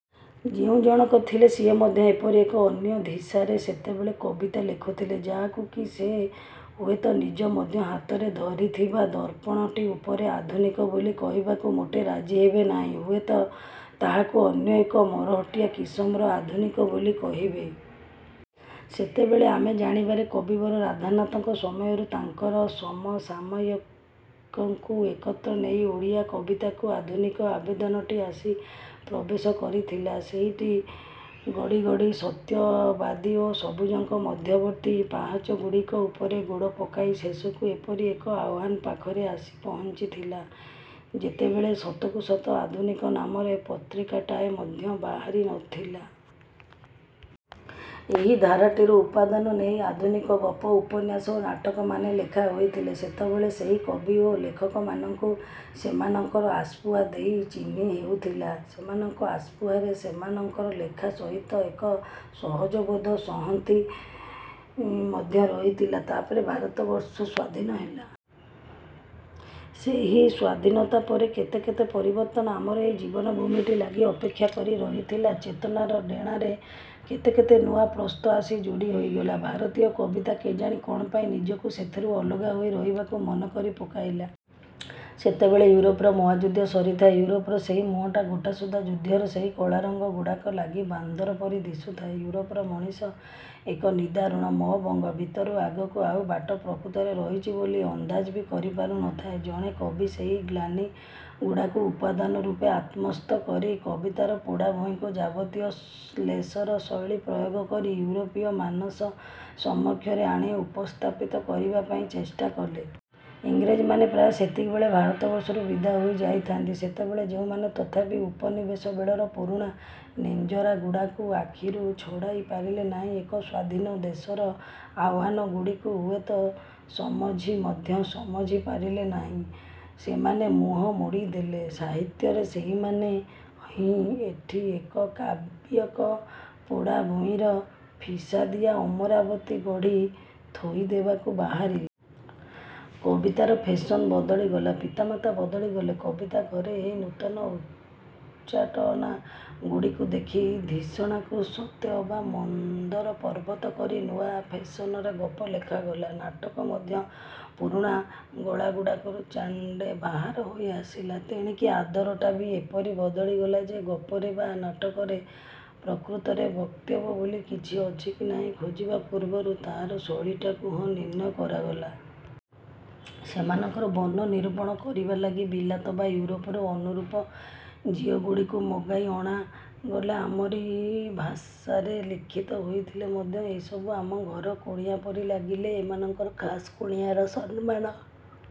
ଯେଉଁ ଜଣକ ଥିଲେ ସିଏ ମଧ୍ୟ ଏପରି ଏକ ଅନ୍ୟ ଧିସାରେ ସେତେବେଳେ କବିତା ଲେଖୁଥଲେ ଯାହାକୁ କି ସିଏ ହୁଏତ ନିଜେ ମଧ୍ୟ ହାତରେ ଧରିଥିବା ଦର୍ପଣଟି ଉପରେ ଆଧୁନିକ ବୋଲି କହିବାକୁ ମୋଟେ ରାଜି ହେବେ ନାହିଁ। ହୁଏତ ତାହାକୁ ଅନ୍ୟ ଏକ ମରହଟିଆ କିସମର ଆଧୁନିକ ବୋଲି କହିବେ। ସେତେବେଳେ ଆମେ ଜାଣିବାରେ କବିବର ରାଧାନାଥଙ୍କ ସମୟରୁ ତାଙ୍କର ସମସାମୟିକଙ୍କୁ ଏକତ୍ର ନେଇ ଓଡ଼ିଆ କବିତାକୁ ଆଧୁନିକ ଆବେଦନଟି ଆସି ପ୍ରବେଶ କରିଥିଲା। ସେଇଟି ଗଡ଼ି ଗଡ଼ି ସତ୍ୟବାଦୀ ଓ ସବୁଜଙ୍କ ମଧ୍ୟବର୍ତ୍ତୀ ପାହାଚଗୁଡ଼ିକ ଉପରେ ଗୋଡ଼ ପକାଇ ଶେଷକୁ ଏପରି ଏକ ଆହ୍ୱାନ ପାଖରେ ଆସି ପହଞ୍ଚିଥିଲା, ଯେତେବେଳେ ସତକୁ ସତ ଆଧୁନିକ ନାମରେ ପତ୍ରିକାଟାଏ ମଧ୍ୟ ବାହାରିନ ଥିଲା। ଏହି ଧାରାଟିରୁ ଉପାଦାନ ନେଇ ଆଧୁନିକ ଗପ, ଉପନ୍ୟାସ ଓ ନାଟକମାନେ ଲେଖା ହୋଇଥିଲେ। ସେତେବେଳେ ସେହି କବି ଓ ଲେଖକମାନଙ୍କୁ ସେମାନଙ୍କର ଆସ୍ପୃହା ଦେଇ ଚିହ୍ନି ହେଉଥିଲା। ସେମାନଙ୍କ ଆସ୍ପୃହାରେ ସେମାନଙ୍କର ଲେଖା ସହିତ ଏକ ସହଜବୋଧ ସଂହତି ମଧ୍ୟ ରହିଥିଲା। ତାପରେ ଭାରତବର୍ଷ ସ୍ୱାଧୀନ ହେଲା। ସେହି ସ୍ୱାଧୀନତା ପରେ କେତେ କେତେ ପରିବର୍ତ୍ତନ ଆମର ଏହି ଜୀବନ ଭୂମିଟି ଲାଗି ଅପେକ୍ଷା କରି ରହିଥିଲା। ଚେତନାର ଡ଼େଣାରେ କେତେ କେତେ ନୂଆ ପ୍ରସ୍ଥ ଆସି ଯୋଡ଼ି ହୋଇଗଲା। ଭାରତୀୟ କବିତା କେଜାଣି କଣ ପାଇଁ ନିଜକୁ ସେଥିରୁ ଅଲଗା ହୋଇ ରହିବାକୁ ମନ କରି ପକାଇଲା। ସେତେବେଳେ ଇଉରୋପରେ ମହାଯୁଦ୍ଧ ସରିଥାଏ। ଇଉରୋପର ସେହି ମୁହଁଟା ଗୋଟାସୁଦ୍ଧା ଯୁଦ୍ଧର ସେହି କଳାରଙ୍ଗ ଗୁଡ଼ାକ ଲାଗି ବାନ୍ଦର ପରି ଦିଶୁଥାଏ। ଇଉରୋପର ମଣିଷ ଏକ ନିଦାରୁଣ ମୋହଭଙ୍ଗ ଭିତରୁ ଆଗକୁ ଆଉ ବାଟ ପ୍ରକୃତରେ ରହିଛି ବୋଲି ଅନ୍ଦାଜ ବି କରିପାରୁନଥାଏ। ଜଣେ କବି ସେହି ଗ୍ଲାନି ଗୁଡ଼ାକୁ ଉପାଦାନ ରୂପେ ଆତ୍ମସ୍ଥ କରି କବିତାରେ ପୋଡ଼ା ଭୂଇଁକୁ ଯାବତୀୟ ଶ୍ଳେଷର ଶୈଳୀ ପ୍ରୟୋଗ କରି ଇଉରୋପୀୟ ମାନସ ସମକ୍ଷରେ ଆଣି ଉପସ୍ଥାପିତ କରିବା ପାଇଁ ଚେଷ୍ଟା କଲେ। ଇଂରେଜମାନେ ପ୍ରାୟ ସେତିକିବେଳେ ଭାରତବର୍ଷରୁ ବିଦା ହୋଇ ଯାଇଥାନ୍ତି। ସେତେବେଳେ ଯେଉଁମାନେ ତଥାପି ଉପନିବେଶ ବେଳର ପୁରୁଣା ନେଞ୍ଜରାଗୁଡ଼ାକୁ ଆଖିରୁ ଛଡ଼ାଇ ପାରିଲେ ନାହିଁ ଓ ଏକ ସ୍ଵାଧୀନ ଦେଶର ଆହ୍ୱାନଗୁଡ଼ିକୁ ହୁଏତ ସମଝି ମଧ୍ୟ ସମଝି ପାରିଲେ ନାହିଁ, ସେମାନେ ମୁହଁ ମୋଡ଼ିଦେଲେ। ସାହିତ୍ୟରେ ସେହିମାନେ ହିଁ ଏଠି ଏକ କାବ୍ୟିକ ପୋଡ଼ାଭୂଇଁର ଫିସାଦିଆ ଅମରାବତୀ ଗଢ଼ି ଥୋଇଦେବାକୁ ବାହାରିଲେ। କବିତାର ଫେଶନ ବଦଳିଗଲା, ପିତାମାତା ବଦଳିଗଲେ। କବିତା ଘରେ ଏହି ନୂତନ ଉଚ୍ଚାଟନାଗୁଡ଼ିକୁ ଦେଖି ଧୀଷଣାକୁ ସତେଅବା ମନ୍ଦରପର୍ବତ କରି ନୂଆ ଫେସନରେ ଗପ ଲେଖାଗଲା। ନାଟକ ମଧ୍ୟ ପୁରୁଣା ଗୁଳାଗୁଡ଼ାକରୁ ଚାଣ୍ଡେ ବାହାର ହୋଇ ଆସିଲା। ତେଣିକି ଆଦତଟା ବି ଏପରି ବଦଳିଗଲା ଯେ ଗପରେ ବା ନାଟକରେ ପ୍ରକୃତରେ ବକ୍ତବ୍ୟ ବୋଲି କିଛି ଅଛି କି ନାହିଁ ଖୋଜିବା ପୂର୍ବରୁ ତାହାର ଶୈଳୀଟାକୁ ହିଁ ନିର୍ଣ୍ଣୟ କରାଗଲା। ସେମାନଙ୍କର ବର୍ଣ୍ଣ ନିରୂପଣ କରିବା ଲାଗି ବିଲାତ ବା ଇଉରୋପରୁ ଅନୁରୂପ ଖିଅଗୁଡ଼ିକୁ ମଗାଇ ଅଣାଗଲା। ଆମରି ଭାଷାରେ ଲିଖିତ ହୋଇଥିଲେ ମଧ୍ୟ ଏସବୁ ଆମ ଘର କୁଣିଆ ପରି ଲାଗିଲେ। ଏମାନଙ୍କୁ ଖାସ୍ କୁଣିଆର ସମ୍ମାନ